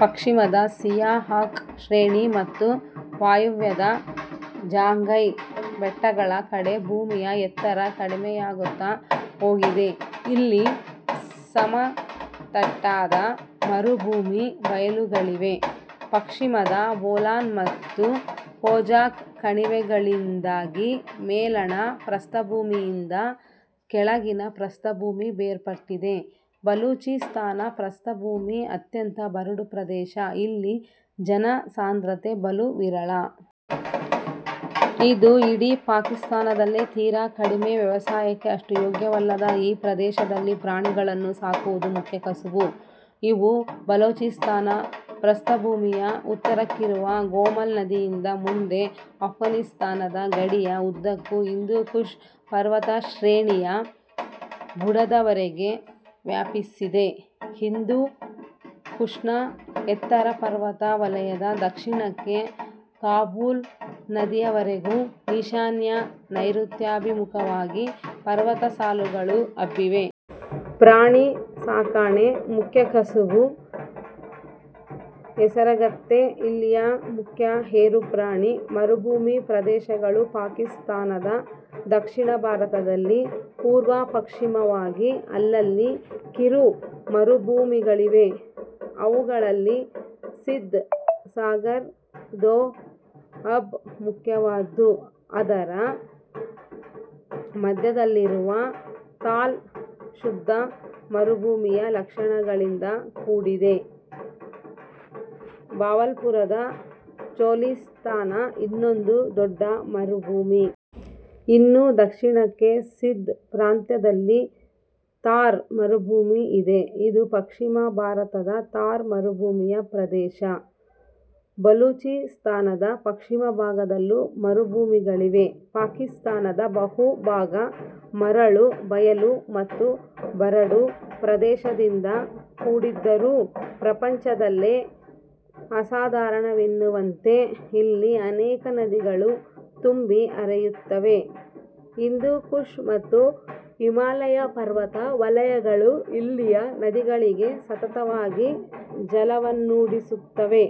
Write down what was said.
ಪಶ್ಚಿಮದ ಸೀಯಾಹಾನ್ ಶ್ರೇಣಿ ಮತ್ತು ವಾಯವ್ಯದ ಜಾಗೈ ಬೆಟ್ಟಗಳ ಕಡೆ ಭೂಮಿಯ ಎತ್ತರ ಕಡಿಮೆಯಾಗುತ್ತ ಹೋಗಿದೆ. ಇಲ್ಲಿ ಸಮತಟ್ಟಾದ ಮರುಭೂಮಿ ಬಯಲುಗಳಿವೆ. ಪಶ್ಚಿಮದ ಬೋಲಾನ್ ಮತ್ತು ಖೋಜಾಕ್ ಕಣಿವೆಗಳಿಂದಾಗಿ ಮೇಲಣ ಪ್ರಸ್ಥಭೂಮಿಯಿಂದ ಕೆಳಗಿನ ಪ್ರಸ್ಥಭೂಮಿ ಬೇರ್ಪಟ್ಟಿದೆ. ಬಲೂಚಿಸ್ಥಾನ ಪ್ರಸ್ಥಭೂಮಿ ಅತ್ಯಂತ ಬರಡು ಪ್ರದೇಶ. ಇಲ್ಲಿ ಜನಸಾಂದ್ರತೆ ಬಲು ವಿರಳ. ಇದು ಇಡೀ ಪಾಕಿಸ್ತಾನದಲ್ಲೇ ತೀರ ಕಡಿಮೆ. ವ್ಯವಸಾಯಕ್ಕೆ ಅಷ್ಟು ಯೋಗ್ಯವಲ್ಲದ ಈ ಪ್ರದೇಶದಲ್ಲಿ ಪ್ರಾಣಿಗಳನ್ನು ಸಾಕುವುದು ಮುಖ್ಯ ಕಸುಬು. ಇವು ಬಲೂಚಿಸ್ತಾನ ಪ್ರಸ್ಥಭೂಮಿಯ ಉತ್ತರಕ್ಕಿರುವ ಗೋಮಲ್ ನದಿಯಿಂದ ಮುಂದೆ ಆಫ್ಘಾನಿಸ್ತಾನದ ಗಡಿಯ ಉದ್ದಕ್ಕೂ ಹಿಂದೂಕುಷ್ ಪರ್ವತಶ್ರೇಣಿಯ ಬುಡದವರೆಗೆ ವ್ಯಾಪಿಸಿದೆ. ಹಿಂದೂಕುಷ್ನ ಎತ್ತರ ಪರ್ವತ ವಲಯದ ದಕ್ಷಿಣಕ್ಕೆ ಕಾಬೂಲ್ ನದಿಯವರೆಗೂ ಈಶಾನ್ಯ-ನೈಋತ್ಯಾಭಿಮುಖವಾಗಿ ಪರ್ವತ ಸಾಲುಗಳು ಹಬ್ಬಿವೆ. ಪ್ರಾಣಿ ಸಾಕಣೆ ಮುಖ್ಯ ಕಸಬು. ಹೇಸರಗತ್ತೆ ಇಲ್ಲಿಯ ಮುಖ್ಯ ಹೇರು ಪ್ರಾಣಿ. ಮರುಭೂಮಿ ಪ್ರದೇಶಗಳು, ಪಾಕಿಸ್ತಾನದ ದಕ್ಷಿಣ ಭಾಗದಲ್ಲಿ ಪೂರ್ವ-ಪಶ್ಚಿಮವಾಗಿ ಅಲ್ಲಲ್ಲಿ ಕಿರು ಮರುಭೂಮಿಗಳಿವೆ. ಅವುಗಳಲ್ಲಿ ಸಿಂಧ್ ಸಾಗರ್ ದೋಆಬ್ ಮುಖ್ಯವಾದ್ದು. ಅದರ ಮಧ್ಯದಲ್ಲಿರುವ ಥಾಲ್ ಶುದ್ಧ ಮರುಭೂಮಿಯ ಲಕ್ಷಣಗಳಿಂದ ಕೂಡಿದೆ. ಭಾವಲ್ಪುರದ ಚೊಲಿಸ್ತಾನ ಇನ್ನೊಂದು ದೊಡ್ಡ ಮರುಭೂಮಿ. ಇನ್ನೂ ದಕ್ಷಿಣಕ್ಕೆ ಸಿಂಧ್ ಪ್ರಾಂತ್ಯದಲ್ಲಿ ಥಾರ್ ಮರುಭೂಮಿ ಇದೆ. ಇದು ಪಶ್ಚಿಮ ಭಾರತದ ಥಾರ್ ಮರುಭೂಮಿಯ ಪ್ರದೇಶ. ಬಲೂಚಿಸ್ಥಾನದ ಪಶ್ಚಿಮಭಾಗದಲ್ಲೂ ಮರುಭೂಮಿಗಳಿವೆ. ಪಾಕಿಸ್ತಾನದ ಬಹುಭಾಗ ಮರಳು ಬಯಲು ಮತ್ತು ಬರಡು ಪ್ರದೇಶದಿಂದ ಕೂಡಿದ್ದರೂ ಪ್ರಪಂಚದಲ್ಲೇ ಅಸಾಧಾರಣವೆನ್ನುವಂತೆ ಇಲ್ಲಿ ಅನೇಕ ನದಿಗಳು ತುಂಬಿ ಹರಿಯುತ್ತವೆ. ಹಿಂದೂಕುಷ್ ಮತ್ತು ಹಿಮಾಲಯ ಪರ್ವತ ವಲಯಗಳು ಇಲ್ಲಿಯ ನದಿಗಳಿಗೆ ಸತತವಾಗಿ ಜಲವನ್ನೂಡಿಸುತ್ತವೆ.